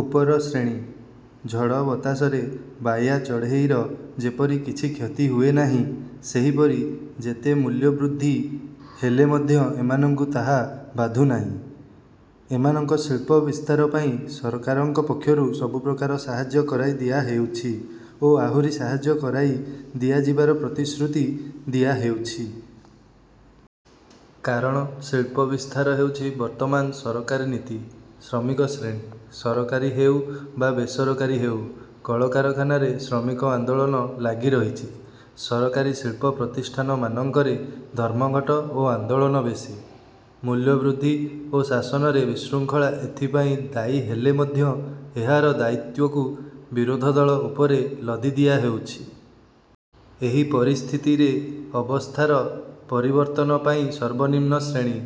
ଉପର ଶ୍ରେଣୀ- ଝଡ଼ ବତାସରେ ବାୟା ଚଢ଼େଇର ଯେପରି କିଛି କ୍ଷତି ହୁଏନାହିଁ, ସେହିପରି ଯେତେ ମୂଲ୍ୟବୃଦ୍ଧି ହେଲେ ମଧ୍ୟ ଏମାନଙ୍କୁ ତାହା ବାଧୁନାହିଁ। ଏମାନଙ୍କ ଶିଳ୍ପ ବିସ୍ତାର ପାଇଁ, ସରକାରଙ୍କ ପକ୍ଷରୁ ସବୁପ୍ରକାର ସାହାଯ୍ୟ କରାଇ ଦିଆହେଉଛି ଓ ଆହୁରି ସାହାଯ୍ୟ କରାଇ ଦିଆଯିବାର ପ୍ରତିଶ୍ରୁତି ଦିଆହେଉଛି। କାରଣ ଶିଳ୍ପ ବିସ୍ତାର ହେଉଛି ବର୍ତ୍ତମାନ ସରକାରୀ ନୀତି। ଶ୍ରମିକ ଶ୍ରେଣୀ- ସରକାରୀ ହେଉ ବା ବେସରକାରୀ ହେଉ କଳକାରଖାନାରେ ଶ୍ରମିକ ଆନ୍ଦୋଳନ ଲାଗି ରହିଛି। ସରକାରୀ ଶିଳ୍ପ ପ୍ରତିଷ୍ଠାନମାନଙ୍କରେ ଧର୍ମଘଟ ଓ ଆନ୍ଦୋଳନ ବେଶି। ମୂଲ୍ୟ ବୃଦ୍ଧି ଓ ଶାସନରେ ବିଶୃଙ୍ଖଳା ଏଥିପାଇଁ ଦାୟୀ ହେଲେ ମଧ୍ୟ ଏହାର ଦାୟିତ୍ୱକୁ ବିରୋଧଦଳ ଉପରେ ଲଦି ଦିଆ ହେଉଛି। ଏହି ପରିସ୍ଥିତିରେ ଅବସ୍ଥାର ପରିବର୍ତ୍ତନ ପାଇଁ ସର୍ବନିମ୍ନ ଶ୍ରେଣୀ,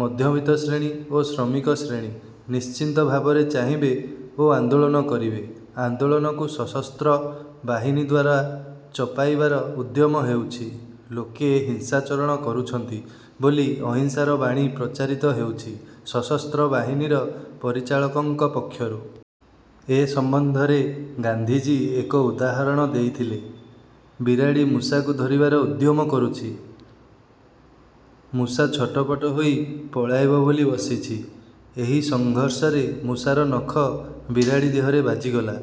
ମଧ୍ୟବିତ୍ତ ଶ୍ରେଣୀ ଓ ଶ୍ରମିକ ଶ୍ରେଣୀ ନିଶ୍ଚିତ ଭାବରେ ଚାହିଁବେ ଓ ଆନ୍ଦୋଳନ କରିବେ। ଆନ୍ଦୋଳନକୁ ସଶସ୍ତ୍ର ବାହିନୀଦ୍ୱାରା ଚପାଇବାର ଉଦ୍ୟମ ହେଉଛି। ଲୋକେ ହିଂସାଚରଣ କରୁଛନ୍ତି ବୋଲି ଅହିଂସାର ବାଣୀ ପ୍ରଚାରିତ ହେଉଛି ସଶସ୍ତ୍ର ବାହିନୀର ପରିଚାଳକଙ୍କ ପକ୍ଷରୁ। ଏ ସମ୍ବନ୍ଧରେ ଗାନ୍ଧିଜୀ ଏକ ଉଦାହରଣ ଦେଇଥିଲେ। ବିରାଡ଼ି ମୂଷାକୁ ଧରିବାର ଉଦ୍ୟମ କରୁଚି। ମୂଷା ଛଟପଟ ହୋଇ ପଳାଇବ ବୋଲି ବସିଛି। ଏହି ସଂଘର୍ଷରେ ମୂଷାର ନଖ ବିରାଡ଼ି ଦେହରେ ବାଜିଗଲା।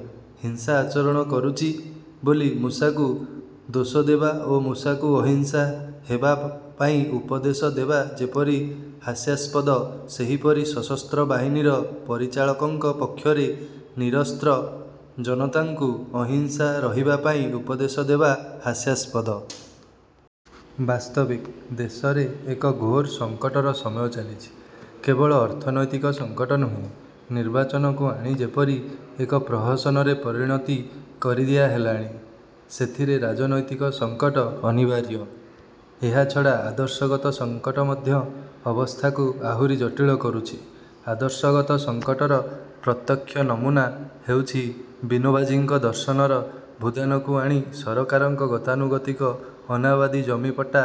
ହିଂସା ଆଚରଣ କରୁଚି ବୋଲି ମୂଷାକୁ ଦୋଷଦେବା ଓ ମୂଷାକୁ ଅହିଂସା ହେବା ପାଇଁ ଉପଦେଶ ଦେବା ଯେପରି ହାସ୍ୟାସ୍ପଦ ସେହିପରି ସଶସ୍ତ୍ର ବାହିନୀର ପରିଚାଳକଙ୍କ ପକ୍ଷରେ ନିରସ୍ତ୍ର ଜନତାକୁ ଅହିଂସା ରହିବା ପାଇଁ ଉପଦେଶ ଦେବା ହାସ୍ୟାସ୍ପଦ। ' ବାସ୍ତବିକ ଦେଶରେ ଏକ ଘୋର ସଂକଟର ସମୟ ଚାଲିଛି। କେବଳ ଅର୍ଥନୈତିକ ସଂକଟ ନୁହେଁ। ନିର୍ବାଚନକୁ ଆଣି ଯେପରି ଏକ ପ୍ରହସନରେ ପରିଣତି କରିଦିଆ ହେଲାଣି, ସେଥିରେ ରାଜନୈତିକ ସଂକଟ ଅନିବାର୍ଯ୍ୟ। ଏହାଛଡ଼ା ଆଦର୍ଶଗତ ସଂକଟ ମଧ୍ୟ ଅବସ୍ଥାକୁ ଆହୁରି ଜଟିଳ କରୁଛି। ଆଦର୍ଶଗତ ସଂକଟର ପ୍ରତ୍ୟକ୍ଷ ନମୁନା ହେଉଛି ବିନୋବାଜୀଙ୍କ ଦର୍ଶନର ଭୂଦାନକୁ ଆଣି ସରକାରଙ୍କ ଗତାନୁଗତିକ ଅନାବାଦୀ ଜମି ପଟ୍ଟା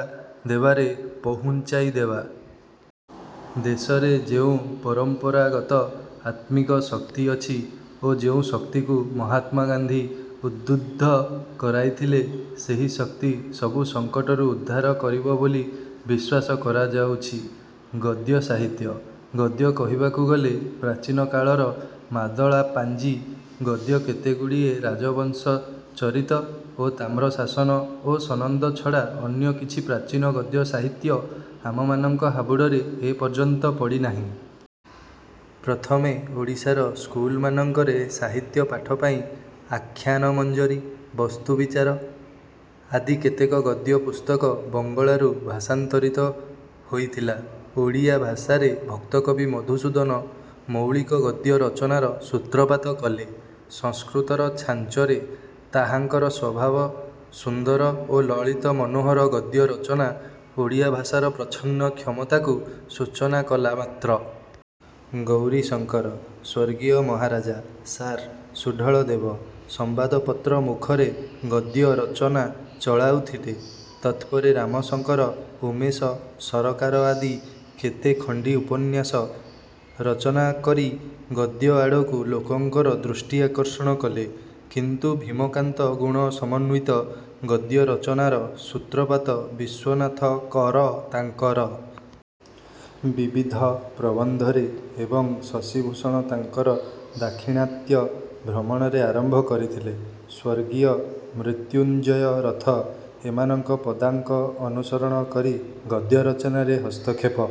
ଦେବାରେ ପହୁଞ୍ଚାଇଦେବା। ଦେଶରେ ଯେଉଁ ପରମ୍ପରାଗତ ଆତ୍ମିକ ଶକ୍ତି ଅଛି ଓ ଯେଉଁ ଶକ୍ତିକୁ ମହାତ୍ମାଗାନ୍ଧି ଉଦ୍ବୁଦ୍ଧ କରାଇଥିଲେ, ସେହି ଶକ୍ତି ସବୁ ସଙ୍କଟରୁ ଉଦ୍ଧାର କରିବ ବୋଲି ବିଶ୍ୱାସ କରାଯାଉଛି। ଗଦ୍ୟ ସାହିତ୍ୟ-ଗଦ୍ୟ କହିବାକୁ ଗଲେ, ପ୍ରାଚୀନ କାଳର ମାଦଳାପାଞ୍ଜି, ଗଦ୍ୟ କେତେଗୁଡ଼ିଏ ରାଜବଂଶଚରିତ ଓ ତାମ୍ରଶାସନ ଓ ସନନ୍ଦ ଛଡ଼ା ଅନ୍ୟ କିଛି ପ୍ରାଚୀନ ଗଦ୍ୟ ସାହିତ୍ୟ ଆମମାନଙ୍କ ହାବୁଡ଼ରେ ଏପର୍ଯ୍ୟନ୍ତ ପଡ଼ିନାହିଁ। ପ୍ରଥମେ ଓଡ଼ିଶାର ସ୍କୁଲମାନଙ୍କରେ ସାହିତ୍ୟ ପାଠ ପାଇଁ 'ଆଖ୍ୟାନମଞ୍ଜରୀ' 'ବସ୍ତୁବିଚାର' ଆଦି କେତେକ ଗଦ୍ୟ ପୁସ୍ତକ ବଙ୍ଗଳାରୁ ଭାଷାନ୍ତରିତ ହୋଇଥିଲା। ଓଡ଼ିଆ ଭାଷାରେ ଭକ୍ତକବି ମଧୁସୂଦନ ମୌଳିକ ଗଦ୍ୟ ରଚନାର ସୂତ୍ରପାତ କଲେ। ସଂସ୍କୃତର ଛାଞ୍ଚରେ ତାହାଙ୍କର ସ୍ୱଭାବ-ସୁନ୍ଦର ଓ ଲଳିତ ମନୋହର ଗଦ୍ୟ ରଚନା ଓଡ଼ିଆ ଭାଷାର ପ୍ରଚ୍ଛନ୍ନ କ୍ଷମତାକୁ ସୂଚନା କଲା ମାତ୍ର। ଗୌରୀଶଙ୍କର, ସ୍ୱର୍ଗୀୟ ମହାରାଜା ସାର୍ ସୁଢ଼ଳ ଦେବ, ସମ୍ୱାଦପତ୍ର ମୁଖରେ ଗଦ୍ୟ ରଚନା ଚଳାଉଥିଲେ। ତତ୍ପରେ ରାମଶଙ୍କର, ଉମେଶ ସରକାର ଆଦି କେତେ ଖଣ୍ଡି ଉପନ୍ୟାସ ରଚନାକରୀ ଗଦ୍ୟ ଆଡ଼କୁ ଲୋକଙ୍କର ଦୃଷ୍ଟିଆକର୍ଷଣ କଲେ, କିନ୍ତୁ ଭୀମ-କାନ୍ତ-ଗୁଣ-ସମନ୍ୱିତ ଗଦ୍ୟ ରଚନାର ସୂତ୍ରପାତ ବିଶ୍ୱନାଥ କର ତାଙ୍କର ବିବିଧ ପ୍ରବନ୍ଧରେ ଏବଂ ଶଶିଭୂଷଣ ତାଙ୍କର ଦାକ୍ଷିଣାତ୍ୟ ଭ୍ରମଣରେ ଆରମ୍ଭ କରିଥିଲେ; ସ୍ୱର୍ଗୀୟ ମୃତ୍ୟୁଞ୍ଜୟ ରଥ ଏମାନଙ୍କ ପଦାଙ୍କ ଅନୁସରଣ କରି ଗଦ୍ୟ ରଚନାରେ ହସ୍ତକ୍ଷେପ